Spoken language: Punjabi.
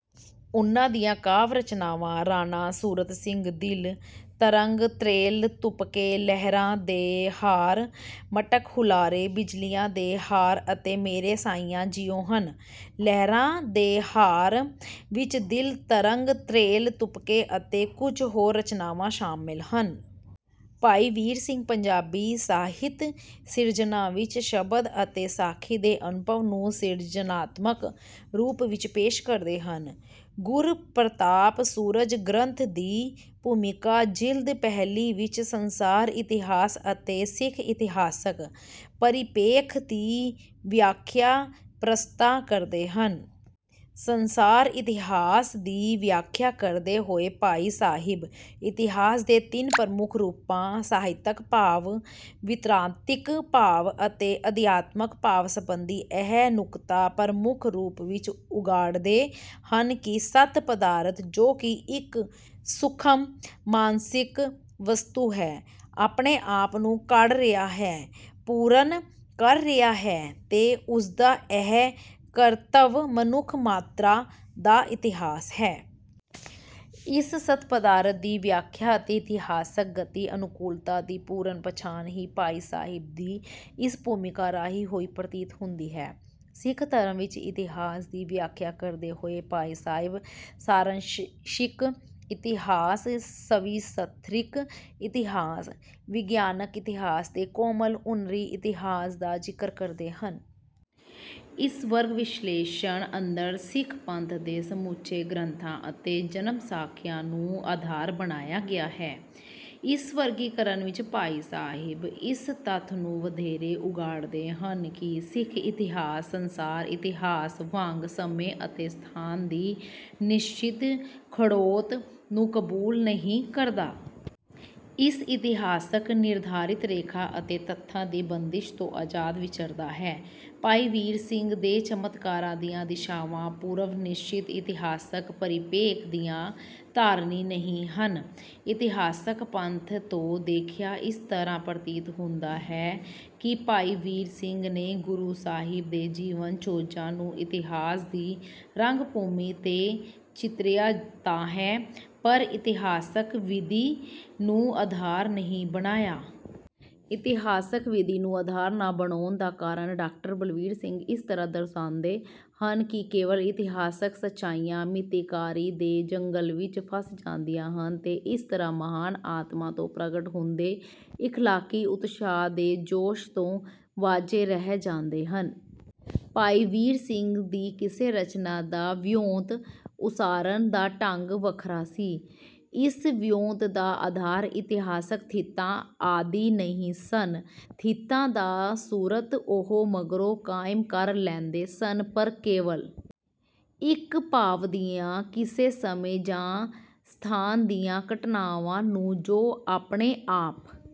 ਉਨ੍ਹਾਂ ਦੀਆਂ ਕਾਵਿ ਰਚਨਾਵਾਂ ਰਾਣਾ ਸੂਰਤ ਸਿੰਘ ਦਿਲ ਤਰੰਗ ਤ੍ਰੇਲ ਤੁਪਕੇ ਲਹਿਰਾਂ ਦੇ ਹਾਰ ਮਟਕ ਹੁਲਾਰੇ ਬਿਜਲੀਆਂ ਦੇ ਹਾਰ ਅਤੇ ਮੇਰੇ ਸਾਈਆਂ ਜੀਓ ਹਨ। ਲਹਿਰਾਂ ਦੇ ਹਾਰ ਵਿੱਚ ਦਿਲ ਤਰੰਗ ਤ੍ਰੇਲ ਤੁਪਕੇ ਅਤੇ ਕੁਝ ਹੋਰ ਰਚਨਾਵਾਂ ਸ਼ਾਮਿਲ ਹਨ। ਭਾਈ ਵੀਰ ਸਿੰਘ ਪੰਜਾਬੀ ਸਾਹਿਤ ਸਿਰਜਨਾ ਵਿੱਚ ਸ਼ਬਦ ਅਤੇ ਸਾਖੀ ਦੇ ਅਨੁਭਵ ਨੂੰ ਸਿਰਜਨਾਤਮਕ ਰੂਪ ਵਿੱਚ ਪੇਸ਼ ਕਰਦੇ ਹਨ। ਗੁਰ ਪ੍ਰਤਾਪ ਸੂਰਜ ਗ੍ਰੰਥ ਦੀ ਭੂਮਿਕਾ ਜਿਲਦ ਪਹਿਲੀ ਵਿੱਚ ਸੰਸਾਰ ਇਤਿਹਾਸ ਅਤੇ ਸਿੱਖ ਇਤਿਹਾਸਕ ਪਰਿਪੇਖ ਦੀ ਵਿਆਖਿਆ ਪ੍ਰਸਤਾ ਕਰਦੇ ਹਨ। ਸੰਸਾਰ ਇਤਿਹਾਸ ਦੀ ਵਿਆਖਿਆ ਕਰਦੇ ਹੋਏ ਭਾਈ ਸਾਹਿਬ ਇਤਿਹਾਸ ਦੇ ਤਿੰਨ ਪ੍ਰਮੁੱਖ ਰੂਪਾਂ ਸਾਹਿਤਕ ਭਾਵ ਬ੍ਰਿਤਾਂਤਿਕ ਭਾਵ ਅਤੇ ਅਧਿਆਤਮਕ ਭਾਵ ਸੰਬੰਧੀ ਇਹ ਨੁਕਤਾ ਪ੍ਰਮੁਖ ਰੂਪ ਵਿੱਚ ਉਘਾੜਦੇ ਹਨ ਕਿ ਸੱਤ ਪਦਾਰਥ ਜੋ ਕਿ ਇੱਕ ਸੂਖਮ ਮਾਨਸਿਕ ਵਸਤੂ ਹੈ ਆਪਣੇ ਆਪ ਨੂੰ ਘੜ ਰਿਹਾ ਹੈ ਪੂਰਨ ਕਰ ਰਿਹਾ ਹੈ ਤੇ ਉਸਦਾ ਇਹ ਕਰਤੱਵ ਮਨੁਖ ਮਾਤ੍ਰਾ ਦਾ ਇਤਿਹਾਸ ਹੈ। ਇਸ ਸਤ ਪਦਾਰਥ ਦੀ ਵਿਆਖਿਆ ਅਤੇ ਇਤਿਹਾਸਕ ਗਤੀ ਅਨੂਕੁਲਤਾ ਦੀ ਪੂਰਨ ਪਛਾਣ ਹੀ ਭਾਈ ਸਾਹਿਬ ਦੀ ਇਸ ਭੂਮਿਕਾ ਰਾਹੀਂ ਹੋਈ ਪ੍ਰਤੀਤ ਹੁੰਦੀ ਹੈ। ਸਿੱਖ ਧਰਮ ਵਿੱਚ ਇਤਿਹਾਸ ਦੀ ਵਿਆਖਿਆ ਕਰਦੇ ਹੋਏ ਭਾਈ ਸਾਹਿਬ ਸਾਰੰਸ਼ਿਕ ਇਤਿਹਾਸ ਸਵਿਸਥਰਿਕ ਇਤਿਹਾਸ ਵਿਗਿਆਨਕ ਇਤਿਹਾਸ ਤੇ ਕੋਮਲ ਉਨਰੀ ਇਤਿਹਾਸ ਦਾ ਜ਼ਿਕਰ ਕਰਦੇ ਹਨ। ਇਸ ਵਰਗ ਵਿਸ਼ਲੇਸ਼ਣ ਅੰਦਰ ਸਿੱਖ ਪੰਥ ਦੇ ਸਮੁਚੇ ਗ੍ਰੰਥਾਂ ਅਤੇ ਜਨਮਸਾਖੀਆਂ ਨੂੰ ਅਧਾਰ ਬਣਾਇਆ ਗਿਆ ਹੈ। ਇਸ ਵਰਗੀਕਰਨ ਵਿੱਚ ਭਾਈ ਸਾਹਿਬ ਇਸ ਤੱਥ ਨੂੰ ਵਧੇਰੇ ਉਗਾੜਦੇ ਹਨ ਕਿ ਸਿੱਖ ਇਤਿਹਾਸ ਸੰਸਾਰ ਇਤਿਹਾਸ ਵਾਂਗ ਸਮੇਂ ਅਤੇ ਸਥਾਨ ਦੀ ਨਿਸ਼ਚਿਤ ਖੜੋਤ ਨੂੰ ਕਬੂਲ ਨਹੀਂ ਕਰਦਾ। ਇਹ ਇਤਿਹਾਸ ਨਿਰਧਾਰਿਤ ਰੇਖਾ ਅਤੇ ਤਥਾ ਦੀ ਬੰਦਿਸ਼ ਤੋਂ ਅਜ਼ਾਦ ਵਿਚਰਦਾ ਹੈ। ਭਾਈ ਵੀਰ ਸਿੰਘ ਦੇ ਚਮਤਕਾਰਾਂ ਦੀਆਂ ਦਿਸ਼ਾਵਾਂ ਪੂਰਵ ਨਿਸ਼ਚਿਤ ਇਤਿਹਾਸਕ ਪਰਿਪੇਖ ਦੀਆਂ ਧਾਰਨੀ ਨਹੀਂ ਹਨ। ਇਤਿਹਾਸਕ ਪੱਖ ਤੋਂ ਦੇਖਿਆ ਇਸ ਤਰ੍ਹਾਂ ਪ੍ਰਤੀਤ ਹੁੰਦਾ ਹੈ ਕਿ ਭਾਈ ਵੀਰ ਸਿੰਘ ਨੇ ਗੁਰੂ ਸਾਹਿਬ ਦੇ ਜੀਵਨ ਚੋਜਾਂ ਨੂੰ ਇਤਿਹਾਸ ਦੀ ਰੰਗ ਭੂਮੀ ਤੇ ਚਿਤਰਿਆ ਤਾਂ ਹੈ ਪਰ ਇਤਿਹਾਸਕ ਵਿਧੀ ਨੂੰ ਆਧਾਰ ਨਹੀਂ ਬਣਾਇਆ। ਇਤਿਹਾਸਕ ਵਿਧੀ ਨੂੰ ਆਧਾਰ ਨਾ ਬਣਾਉਣ ਦਾ ਕਾਰਣ ਡਾਕਟਰ ਬਲਵੀਰ ਸਿੰਘ ਇਸ ਤਰ੍ਹਾਂ ਦਰਸਾਉਂਦੇ ਹਨ ਕਿ ਕੇਵਲ ਇਤਿਹਾਸਕ ਸਚਾਈਆਂ ਮਿਤੀਕਾਰੀ ਦੇ ਜੰਗਲ ਵਿੱਚ ਫਸ ਜਾਂਦੀਆਂ ਹਨ ਤੇ ਇਸ ਤਰ੍ਹਾਂ ਮਹਾਨ ਆਤਮਾ ਤੋਂ ਪ੍ਰਗਟ ਹੁੰਦੇ ਇਖਲਾਕੀ ਉਤਸ਼ਾਹ ਦੇ ਜੋਸ਼ ਤੋਂ ਵਾਜੇਂ ਰਹਿ ਜਾਂਦੇ ਹਨ। ਭਾਈ ਵੀਰ ਸਿੰਘ ਦੀ ਕਿਸੇ ਰਚਨਾ ਦਾ ਵਿਉਂਤ ਉਸਾਰਨ ਦਾ ਢੰਗ ਵੱਖਰਾ ਸੀ। ਇਸ ਵਿਉਂਤ ਦਾ ਆਧਾਰ ਇਤਿਹਾਸਕ ਥਿੱਤਾਂ ਆਦਿ ਨਹੀਂ ਸਨ। ਥਿੱਤਾਂ ਦਾ ਸੂਤਰ ਉਹ ਮਗਰੋਂ ਕਾਇਮ ਕਰ ਲੈਂਦੇ ਸਨ ਪਰ ਕੇਵਲ ਇੱਕ ਭਾਵ ਦੀਆਂ ਕਿਸੇ ਸਮੇਂ ਜਾਂ ਸਥਾਨ ਦੀਆਂ ਘਟਨਾਵਾਂ ਨੂੰ ਜੋ ਆਪਣੇ ਆਪ